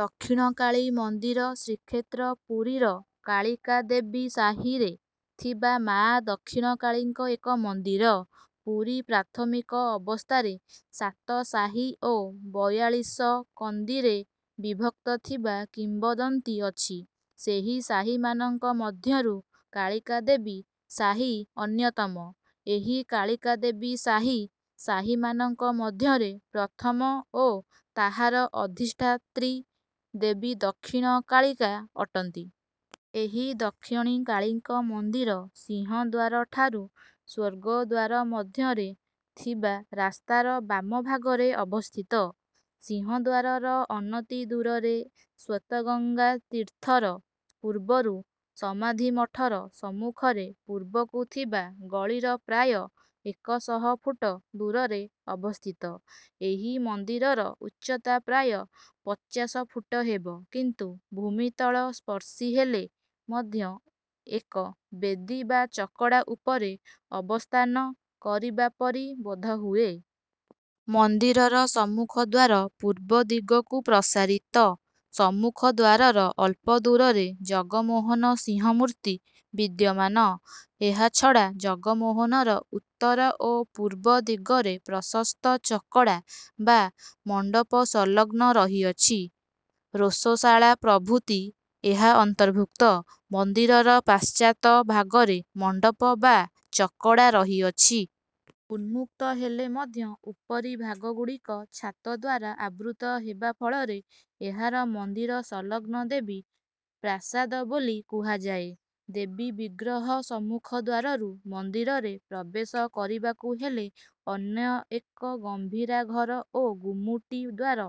ଦକ୍ଷିଣକାଳି ମନ୍ଦିର ଶ୍ରୀକ୍ଷେତ୍ର ପୁରୀର କାଳିକା ଦେବୀ ସାହିରେ ଥିବା ମାଆ ଦକ୍ଷିଣ କାଳିଙ୍କ ଏକ ମନ୍ଦିର। ପୁରୀ ପ୍ରାଥମିକ ଅବସ୍ଥାରେ ସାତ ସାହି ଓ ବୟାଳିଶ କନ୍ଦିରେ ବିଭକ୍ତ ଥିବା କିମ୍ବଦନ୍ତୀ ଅଛି। ସେହି ସାହିମାନଙ୍କ ମଧ୍ୟରୁ କାଳିକା ଦେବୀ ସାହି ଅନ୍ୟତମ। ଏହି କାଳିକା ଦେବୀ ସାହି ସାହିମାନଙ୍କ ମଧ୍ୟରେ ପ୍ରଥମ ଓ ତାହାର ଅଧିଷ୍ଠାତ୍ରୀ ଦେବୀ ଦକ୍ଷିଣ କାଳିକା ଅଟନ୍ତି। ଏହି ଦକ୍ଷଣି କାଳୀଙ୍କ ମନ୍ଦିର ସିଂହଦ୍ୱାର ଠାରୁ ସ୍ୱର୍ଗଦ୍ୱାର ମଧ୍ୟରେ ଥିବା ରାସ୍ତାର ବାମ ଭାଗରେ ଅବସ୍ଥିତ। ସିଂହଦ୍ୱାରର ଅନତି ଦୂରରେ ଶ୍ୱେତଗଙ୍ଗା ତୀର୍ଥର ପୂର୍ବରୁ ସମାଧିମଠର ସମ୍ମୁଖରେ ପୂର୍ବକୁ ଥିବା ଗଳିର ପ୍ରାୟ ଏକ ଶହ ଫୁଟ ଦୂରରେ ଅବସ୍ଥିତ। ଏହି ମନ୍ଦିରର ଉଚ୍ଚତା ପ୍ରାୟ ପଚାଶ ଫୁଟ ହେବ କିନ୍ତୁ ଭୂମିତଳ ସ୍ପର୍ଶୀ ହେଲେ ମଧ୍ୟ ଏକ ବେଦୀ ବା ଚକଡ଼ା ଉପରେ ଅବସ୍ଥାନ କରିବାପରି ବୋଧହୁଏ। ମନ୍ଦିରର ସମ୍ମୁଖ ଦ୍ୱାର ପୂର୍ବ ଦିଗକୁ ପ୍ରସାରିତ। ସମ୍ମୁଖ ଦ୍ୱାରର ଅଳ୍ପ ଦୂରରେ ଜଗମୋହନ ସିଂହମୂର୍ତ୍ତି ବିଦ୍ୟମାନ। ଏହାଛଡ଼ା ଜଗମୋହନର ଉତ୍ତର ଓ ପୂର୍ବ ଦିଗରେ ପ୍ରଶସ୍ତ ଚକଡ଼ା ବା ମଣ୍ଡପ ସଂଲଗ୍ନ ରହିଅଛି। ରୋଷଶାଳା ପ୍ରଭୃତି ଏହା ଅନ୍ତର୍ଭୁକ୍ତ। ମନ୍ଦିରର ପାଶ୍ଚାତ ଭାଗରେ ମଣ୍ଡପ ବା ଚକଡ଼ା ରହିଅଛି। ଉନ୍ମୁକ୍ତହେଲେ ମଧ୍ୟ ଉପରି ଭାଗଗୁଡ଼ିକ ଛାତଦ୍ୱାରା ଆବୃତ ହେବା ଫଳରେ ଏହାର ମନ୍ଦିର ସଂଲଗ୍ନ ଦେବୀ ପ୍ରାସାଦ ବୋଲି କୁହାଯାଏ। ଦେବୀ ବିଗ୍ରହ ସମ୍ମୁଖ ଦ୍ୱାରରୁ ମନ୍ଦିରରେ ପ୍ରବେଶ କରିବାକୁ ହେଲେ ଅନ୍ୟ ଏକ ଗମ୍ଭୀରାଘର ଓ ଗୁମୁଟି ଦ୍ୱାର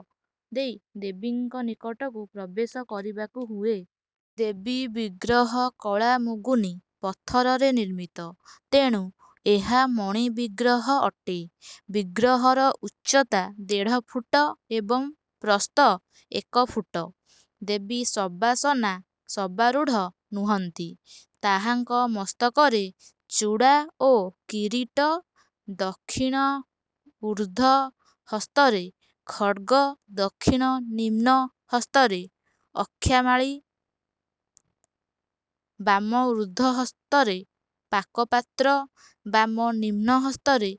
ଦେଇ ଦେବୀଙ୍କ ନିକଟକୁ ପ୍ରବେଶ କରିବାକୁ ହୁଏ। ଦେବୀ ବିଗ୍ରହ କଳା ମୁଗୁନି ପଥରରେ ନିର୍ମିତ। ତେଣୁ ଏହା ମଣି ବିଗ୍ରହ ଅଟେ। ବିଗ୍ରହର ଉଚ୍ଚତା ଦେଢ଼ଫୁଟ ଏବଂ ପ୍ରସ୍ଥ ଏକ ଫୁଟ। ଦେବୀ ଶବାସନା ଶବାରୂଢ଼ ନୁହଁନ୍ତି। ତାହାଙ୍କ ମସ୍ତକରେ ଜୁଡ଼ା ଓ କିରୀଟ, ଦକ୍ଷିଣ ଉର୍ଦ୍ଧ ହସ୍ତରେ ଖଡ୍ଗ ଦକ୍ଷିଣ ନିମ୍ନ ହସ୍ତରେ ଅକ୍ଷାମାଳୀ, ବାମ ଉର୍ଦ୍ଧ ହସ୍ତରେ ପାକପାତ୍ର, ବାମ ନିମ୍ନ ହସ୍ତରେ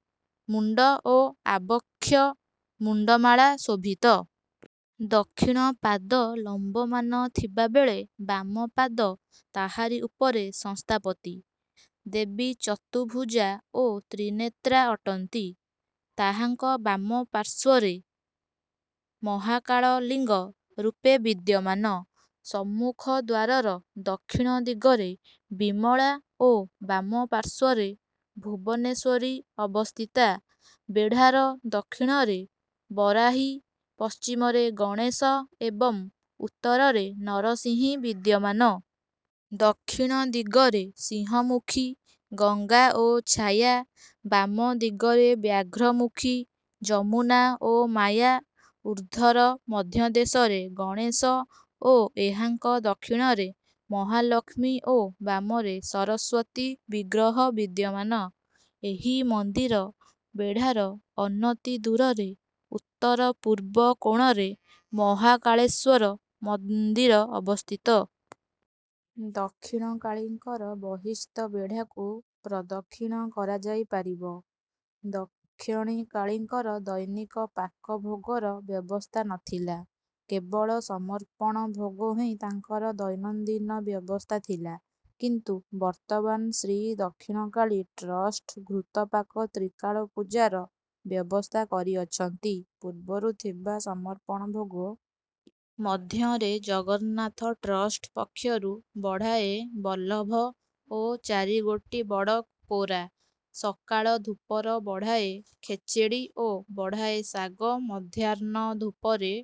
ମୁଣ୍ଡ ଓ ଆବକ୍ଷ ମୁଣ୍ଡମାଳା ଶୋଭିତ। ଦକ୍ଷିଣ ପାଦ ଲମ୍ବମାନ ଥିବା ବେଳେ ବାମପାଦ ତାହାରି ଉପରେ ସଂସ୍ଥାପତି। ଦେବୀ ଚତୁଭୁଜା ଓ ତ୍ରିନେତ୍ରା ଅଟନ୍ତି। ତାହାଙ୍କ ବାମ ପାଶ୍ୱର୍ରେ ମହାକାଳ ଲିଙ୍ଗ ରୂପେ ବିଦ୍ୟମାନ। ସମ୍ମୁଖ ଦ୍ୱାରର ଦକ୍ଷିଣ ଦିଗରେ ବିମଳା ଓ ବାମପାଶ୍ୱର୍ରେ ଭୁବନେଶ୍ୱରୀ ଅବସ୍ଥିତା। ବେଢ଼ାର ଦକ୍ଷିଣରେ ବରାହୀ, ପଶ୍ଚିମରେ ଗଣେଶ ଏବଂ ଉତ୍ତରରେ ନରସିଂହୀ ବିଦ୍ୟମାନ। ଦକ୍ଷିଣ ଦିଗରେ ସିଂହମୁଖୀ, ଗଙ୍ଗା ଓ ଛାୟା, ବାମ ଦିଗରେ ବ୍ୟାଘ୍ରମୁଖୀ, ଯମୁନା ଓ ମାୟା। ଉର୍ଦ୍ଧର ମଧ୍ୟଦେଶରେ ଗଣେଶ ଓ ଏହାଙ୍କ ଦକ୍ଷିଣରେ ମହାଲକ୍ଷ୍ମୀ ଓ ବାମରେ ସରସ୍ୱତୀ ବିଗ୍ରହ ବିଦ୍ୟମାନ। ଏହି ମନ୍ଦିର ବେଢ଼ାର ଅନତି ଦୂରରେ ଉତ୍ତରପୂର୍ବ କୋଣରେ ମହାକାଳେଶ୍ୱର ମନ୍ଦିର ଅବସ୍ଥିତ। ଦକ୍ଷିଣକାଳୀଙ୍କର ବହିସ୍ଥ ବେଢ଼ାକୁ ପ୍ରଦକ୍ଷିଣ କରାଯାଇପାରିବ। ଦକ୍ଷଣି କାଳୀଙ୍କର ଦୈନିକ ପାକ ଭୋଗର ବ୍ୟବସ୍ଥା ନଥିଲା। କେବଳ ସମର୍ପଣ ଭୋଗ ହିଁ ତାଙ୍କର ଦୈନନ୍ଦିନ ବ୍ୟବସ୍ଥା ଥିଲା। କିନ୍ତୁ ବର୍ତ୍ତମାନ ଶ୍ରୀଦକ୍ଷିଣକାଳୀ ଟ୍ରଷ୍ଟ ଘୃତପାକ ତ୍ରିକାଳ ପୂଜାର ବ୍ୟବସ୍ଥା କରିଅଛନ୍ତି। ପୂର୍ବରୁ ଥିବା ସମର୍ପଣ ଭୋଗ ମଧ୍ୟରେ ଜଗନ୍ନାଥ ଟ୍ରଷ୍ଟ ପକ୍ଷରୁ ବଢ଼ାଏ ବଲ୍ଲଭ ଓ ଚାରିଗୋଟି ବଡ଼ କୋରା, ସକାଳ ଧୂପର ବଢ଼ାଏ ଖେଚେଡ଼ି ଓ ବଢ଼ାଏ ଶାଗ, ମଧ୍ୟାହ୍ନ ଧୂପରେ